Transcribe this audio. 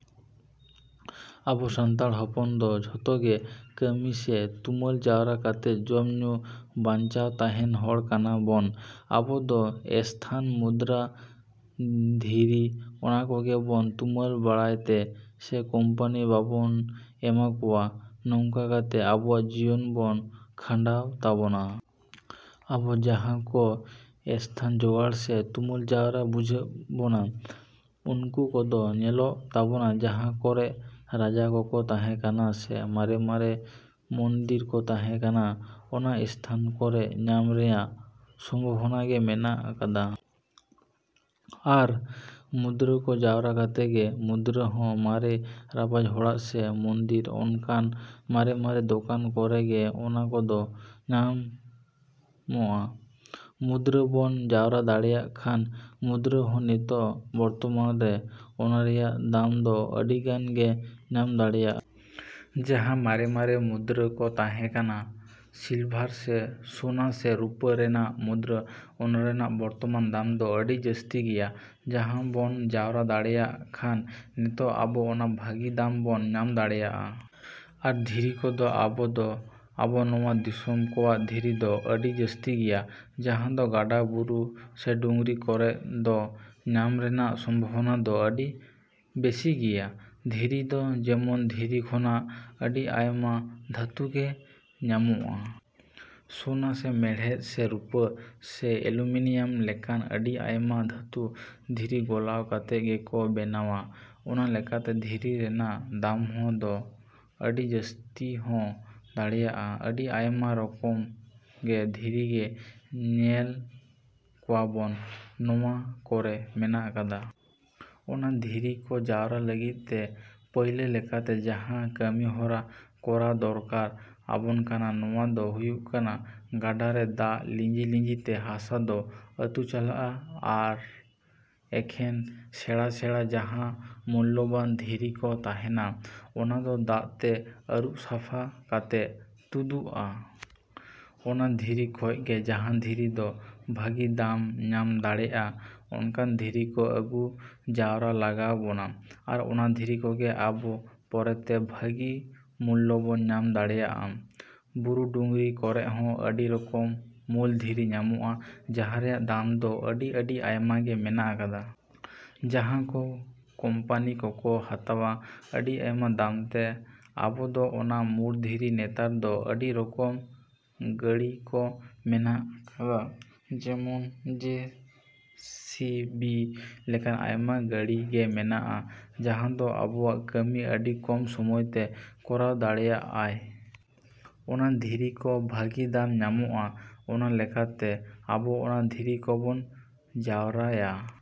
‎ᱟᱵᱚ ᱥᱟᱱᱛᱟᱲ ᱦᱚᱯᱚᱱ ᱫᱚ ᱡᱷᱚᱛᱚ ᱜᱮ ᱠᱟᱹᱢᱤ ᱥᱮ ᱛᱩᱢᱟᱹᱞ ᱡᱟᱣᱨᱟ ᱠᱟᱛᱮᱜ ᱡᱚᱢ ᱧᱩ ᱵᱟᱧᱪᱟᱣ ᱛᱟᱦᱮᱱ ᱦᱚᱲ ᱠᱟᱱᱟ ᱵᱚᱱ᱾ ᱟᱵᱚ ᱫᱚ ᱮᱥᱛᱷᱟᱱ, ᱢᱩᱫᱽᱨᱟ, ᱫᱷᱤᱨᱤ ᱚᱱᱟ ᱠᱚᱜᱮ ᱵᱚᱱ ᱛᱩᱢᱟᱹᱞ ᱵᱟᱲᱟᱭ ᱛᱮ ᱥᱮ ᱠᱚᱢᱯᱟᱱᱤ ᱠᱚᱵᱚᱱ ᱮᱢᱟ ᱠᱚᱣᱟ ᱱᱚᱝᱠᱟ ᱠᱚᱛᱮ ᱟᱵᱚᱣᱟᱜ ᱡᱤᱭᱚᱱ ᱵᱚᱱ ᱠᱷᱟᱱᱰᱟᱣ ᱛᱟᱵᱚᱱᱟ᱾ ᱟᱵᱚ ᱡᱟᱦᱟᱸ ᱠᱚ ᱮᱥᱛᱷᱟᱱ ᱡᱚᱜᱟᱲ ᱥᱮ ᱛᱩᱢᱟᱹᱞ ᱡᱟᱣᱨᱟ ᱵᱩᱡᱷᱟᱹᱜ ᱵᱚᱱᱟ ᱩᱱᱠᱩ ᱠᱚᱫᱚ ᱧᱮᱞᱚᱜ ᱛᱟᱵᱚᱱᱟ ᱡᱟᱦᱟᱸ ᱠᱚᱨᱮᱜ ᱨᱟᱡᱟ ᱠᱚᱠᱚ ᱛᱟᱦᱮᱸ ᱠᱟᱱᱟ ᱥᱮ ᱢᱟᱨᱮᱼᱢᱟᱨᱮ ᱢᱚᱱᱫᱤᱨ ᱠᱚ ᱛᱟᱦᱮᱸ ᱠᱟᱱᱟ ᱚᱱᱟ ᱮᱥᱛᱷᱟᱱ ᱠᱚᱨᱮᱜ ᱧᱟᱢ ᱨᱮᱱᱟᱜ ᱥᱚᱢᱵᱷᱚᱵᱚᱱᱟ ᱜᱮ ᱢᱮᱱᱟᱜ ᱠᱟᱫᱟ᱾ ᱟᱨ ᱢᱩᱫᱽᱨᱟ ᱠᱚ ᱡᱟᱣᱨᱟ ᱠᱚᱛᱮ ᱜᱮ ᱢᱩᱫᱽᱨᱟ ᱦᱚᱸ ᱢᱟᱨᱮ ᱨᱟᱯᱟᱡᱽ ᱦᱚᱲᱟᱜ ᱥᱮ ᱢᱚᱱᱫᱤᱨ ᱚᱱᱠᱟᱱ ᱢᱟᱨᱮᱼᱢᱟᱨᱮ ᱫᱚᱠᱟᱱ ᱠᱚᱨᱮ ᱜᱮ ᱚᱱᱟ ᱠᱚᱫᱚ ᱧᱟᱢᱚᱜᱼᱟ᱾ ᱢᱩᱫᱽᱨᱟ ᱵᱚᱱ ᱡᱟᱣᱨᱟ ᱫᱟᱲᱮᱭᱟᱜ ᱠᱷᱟᱱ ᱢᱩᱫᱽᱨᱟ ᱦᱚᱸ ᱱᱤᱛᱚᱜ ᱵᱚᱨᱛᱚᱢᱟᱱ ᱨᱮ ᱚᱱᱟ ᱨᱮᱱᱟᱜ ᱫᱟᱢ ᱫᱚ ᱟᱹᱰᱤᱜᱟᱱ ᱜᱮ ᱧᱟᱢ ᱫᱟᱲᱮᱭᱟᱜᱼᱟ᱾ ᱡᱟᱦᱟᱸ ᱢᱟᱨᱮᱼᱢᱟᱨᱮ ᱢᱩᱫᱽᱨᱟ ᱠᱚ ᱛᱟᱦᱮᱸ ᱠᱟᱱᱟ ᱥᱤᱞᱵᱷᱟᱨ ᱥᱮ ᱥᱳᱱᱟ ᱥᱮ ᱨᱩᱯᱟᱹ ᱨᱮᱱᱟᱜ ᱢᱩᱫᱽᱨᱟ ᱚᱱᱟ ᱨᱮᱱᱟᱜ ᱵᱚᱨᱛᱚᱢᱟᱱ ᱫᱟᱢ ᱫᱚ ᱟᱹᱰᱤ ᱡᱟᱹᱥᱛᱤ ᱜᱮᱭᱟ ᱡᱟᱦᱟᱸ ᱵᱚᱱ ᱡᱟᱣᱨᱟ ᱫᱟᱲᱮᱭᱟᱜ ᱠᱷᱟᱱ ᱱᱤᱛᱚᱜ ᱟᱵᱚ ᱚᱱᱟ ᱵᱷᱟᱹᱜᱤ ᱫᱟᱢ ᱵᱚᱱ ᱧᱟᱢ ᱫᱟᱲᱮᱭᱟᱜᱼᱟ᱾ ᱟᱨ ᱫᱷᱤᱨᱤ ᱠᱚᱫᱚ ᱟᱵᱚ ᱫᱚ ᱟᱵᱚ ᱱᱚᱣᱟ ᱫᱤᱥᱚᱢ ᱠᱚᱣᱟᱜ ᱫᱷᱤᱨᱤ ᱫᱚ ᱟᱹᱰᱤ ᱡᱟᱹᱥᱛᱤ ᱜᱮᱭᱟ ᱡᱟᱦᱟᱸ ᱫᱚ ᱜᱟᱰᱟ ᱵᱩᱨᱩ ᱥᱮ ᱰᱩᱝᱨᱤ ᱠᱚᱨᱮᱜ ᱫᱚ ᱧᱟᱢ ᱨᱮᱱᱟᱜ ᱥᱚᱢᱵᱷᱚᱵᱚᱱᱟ ᱫᱚ ᱟᱹᱰᱤ ᱵᱮᱥᱤ ᱜᱮᱭᱟ᱾ ᱫᱷᱤᱨᱤ ᱫᱚ ᱡᱮᱢᱚᱱ ᱫᱷᱤᱨᱤ ᱠᱷᱚᱱᱟᱜ ᱟᱹᱰᱤ ᱟᱭᱢᱟ ᱫᱷᱟᱹᱛᱩ ᱜᱮ ᱧᱟᱢᱚᱜᱼᱟ᱾ ᱥᱳᱱᱟ ᱥᱮ ᱢᱮᱲᱦᱮᱫ ᱥᱮ ᱨᱩᱯᱟᱹ ᱥᱮ ᱮᱞᱩᱢᱤᱱᱤᱭᱟᱢ ᱞᱮᱠᱟᱱ ᱟᱹᱰᱤ ᱟᱭᱢᱟ ᱫᱷᱟᱹᱛᱩ ᱫᱷᱤᱨᱤ ᱜᱚᱞᱟᱣ ᱠᱟᱛᱮᱜ ᱜᱮᱠᱚ ᱵᱮᱱᱟᱣᱟ᱾ ᱚᱱᱟ ᱞᱮᱠᱟᱛᱮ ᱫᱷᱤᱨᱤ ᱨᱮᱱᱟᱜ ᱫᱟᱢ ᱦᱚᱸ ᱫᱚ ᱟᱹᱰᱤ ᱡᱟᱹᱥᱛᱤ ᱦᱚᱸ ᱫᱟᱲᱮᱭᱟᱜᱼᱟ᱾ ᱟᱹᱰᱤ ᱟᱭᱢᱟ ᱨᱚᱠᱚᱢ ᱜᱮ ᱫᱷᱤᱨᱤ ᱜᱮ ᱧᱮᱞ ᱠᱚᱣᱟᱵᱚᱱ ᱱᱚᱣᱟ ᱠᱚᱨᱮ ᱢᱮᱱᱟᱜ ᱠᱟᱫᱟ᱾ ᱚᱱᱟ ᱫᱷᱤᱨᱤ ᱠᱚ ᱡᱟᱣᱨᱟ ᱞᱟᱹᱜᱤᱫ ᱛᱮ ᱯᱟᱹᱭᱞᱟᱹ ᱞᱮᱠᱟᱛᱮ ᱡᱟᱦᱟᱸ ᱠᱟᱹᱢᱤᱦᱚᱨᱟ ᱠᱚᱨᱟᱣ ᱫᱚᱨᱠᱟᱨ ᱟᱵᱚᱱ ᱠᱟᱱᱟ ᱱᱚᱣᱟ ᱫᱚ ᱦᱩᱭᱩᱜ ᱠᱟᱱᱟ ᱜᱟᱰᱟ ᱨᱮ ᱫᱟᱜ ᱞᱤᱸᱡᱤᱼᱞᱤᱸᱡᱤᱛᱮ ᱦᱟᱥᱟ ᱫᱚ ᱟᱹᱛᱩ ᱪᱟᱞᱟᱜᱼᱟ ᱟᱨ ᱮᱠᱷᱮᱱ ᱥᱮᱬᱟᱼᱥᱮᱬᱟ ᱡᱟᱦᱟᱸ ᱢᱩᱞᱞᱚᱵᱟᱱ ᱫᱷᱤᱨᱤ ᱠᱚ ᱛᱟᱦᱮᱱᱟ ᱚᱱᱟ ᱫᱚ ᱫᱟᱜ ᱛᱮ ᱟᱹᱨᱩᱵ ᱥᱟᱯᱷᱟ ᱠᱟᱛᱮᱜ ᱛᱩᱫᱩᱜᱼᱟ᱾ ᱚᱱᱟ ᱫᱷᱤᱨᱤ ᱠᱷᱚᱡ ᱜᱮ ᱡᱟᱦᱟᱸ ᱫᱷᱤᱨᱤ ᱫᱚ ᱵᱷᱟᱹᱜᱤ ᱫᱟᱢ ᱧᱟᱢ ᱫᱟᱲᱮᱜᱼᱟ ᱚᱱᱠᱟᱱ ᱫᱷᱤᱨᱤ ᱠᱚ ᱟᱹᱜᱩ ᱡᱟᱣᱨᱟ ᱞᱟᱜᱟᱣ ᱵᱚᱱᱟ ᱟᱨ ᱚᱱᱟ ᱫᱷᱤᱨᱤ ᱠᱚᱜᱮ ᱟᱵᱚ ᱯᱚᱨᱮᱛᱮ ᱵᱷᱟᱹᱜᱤ ᱢᱩᱞᱞᱚ ᱵᱚᱱ ᱧᱟᱢ ᱫᱟᱲᱮᱭᱟᱜᱼᱟ᱾ ᱵᱩᱨᱩ ᱰᱩᱝᱨᱤ ᱠᱚᱨᱮᱜ ᱦᱚᱸ ᱟᱹᱰᱤ ᱨᱚᱠᱚᱢ ᱢᱩᱞ ᱫᱷᱤᱨᱤ ᱧᱟᱢᱚᱜᱼᱟ ᱡᱟᱦᱟᱸ ᱨᱮᱱᱟᱜ ᱫᱟᱢ ᱫᱚ ᱟᱹᱰᱤᱼᱟᱹᱰᱤ ᱟᱭᱢᱟ ᱜᱮ ᱢᱮᱱᱟᱜ ᱠᱟᱫᱟ᱾ ᱡᱟᱦᱟᱸ ᱫᱚ ᱠᱚᱢᱯᱟᱱᱤ ᱠᱚᱠᱚ ᱦᱟᱛᱟᱣᱟ ᱟᱹᱰᱤ ᱟᱭᱢᱟ ᱫᱟᱢ ᱛᱮ᱾ ᱟᱵᱚ ᱫᱚ ᱚᱱᱟ ᱢᱩᱲ ᱫᱷᱤᱨᱤ ᱱᱮᱛᱟᱨ ᱫᱚ ᱟᱹᱰᱤ ᱨᱚᱠᱚᱢ ᱜᱟᱹᱲᱤ ᱠᱚ ᱢᱮᱱᱟᱜ ᱟᱠᱟᱫᱟ ᱡᱮᱢᱚᱱ ᱡᱮ ᱥᱤ ᱵᱤ ᱞᱮᱠᱟᱱ ᱟᱭᱢᱟ ᱜᱟᱹᱲᱤ ᱜᱮ ᱢᱮᱱᱟᱜᱼᱟ ᱡᱟᱦᱟᱸ ᱫᱚ ᱟᱵᱚᱣᱟᱜ ᱠᱟᱹᱢᱤ ᱟᱹᱰᱤ ᱠᱚᱢ ᱥᱚᱢᱚᱭ ᱛᱮ ᱠᱚᱨᱟᱣ ᱫᱟᱲᱮᱭᱟᱜᱼᱟᱭ᱾ ᱚᱱᱟ ᱫᱷᱤᱨᱤ ᱠᱚ ᱵᱷᱟᱹᱜᱤ ᱫᱟᱢ ᱧᱟᱢᱚᱜᱼᱟ᱾ ᱚᱱᱟ ᱞᱮᱠᱟ ᱛᱮ ᱟᱵᱚ ᱚᱱᱟ ᱫᱷᱤᱨᱤ ᱠᱚᱵᱚᱱ ᱡᱟᱣᱨᱟᱭᱟ।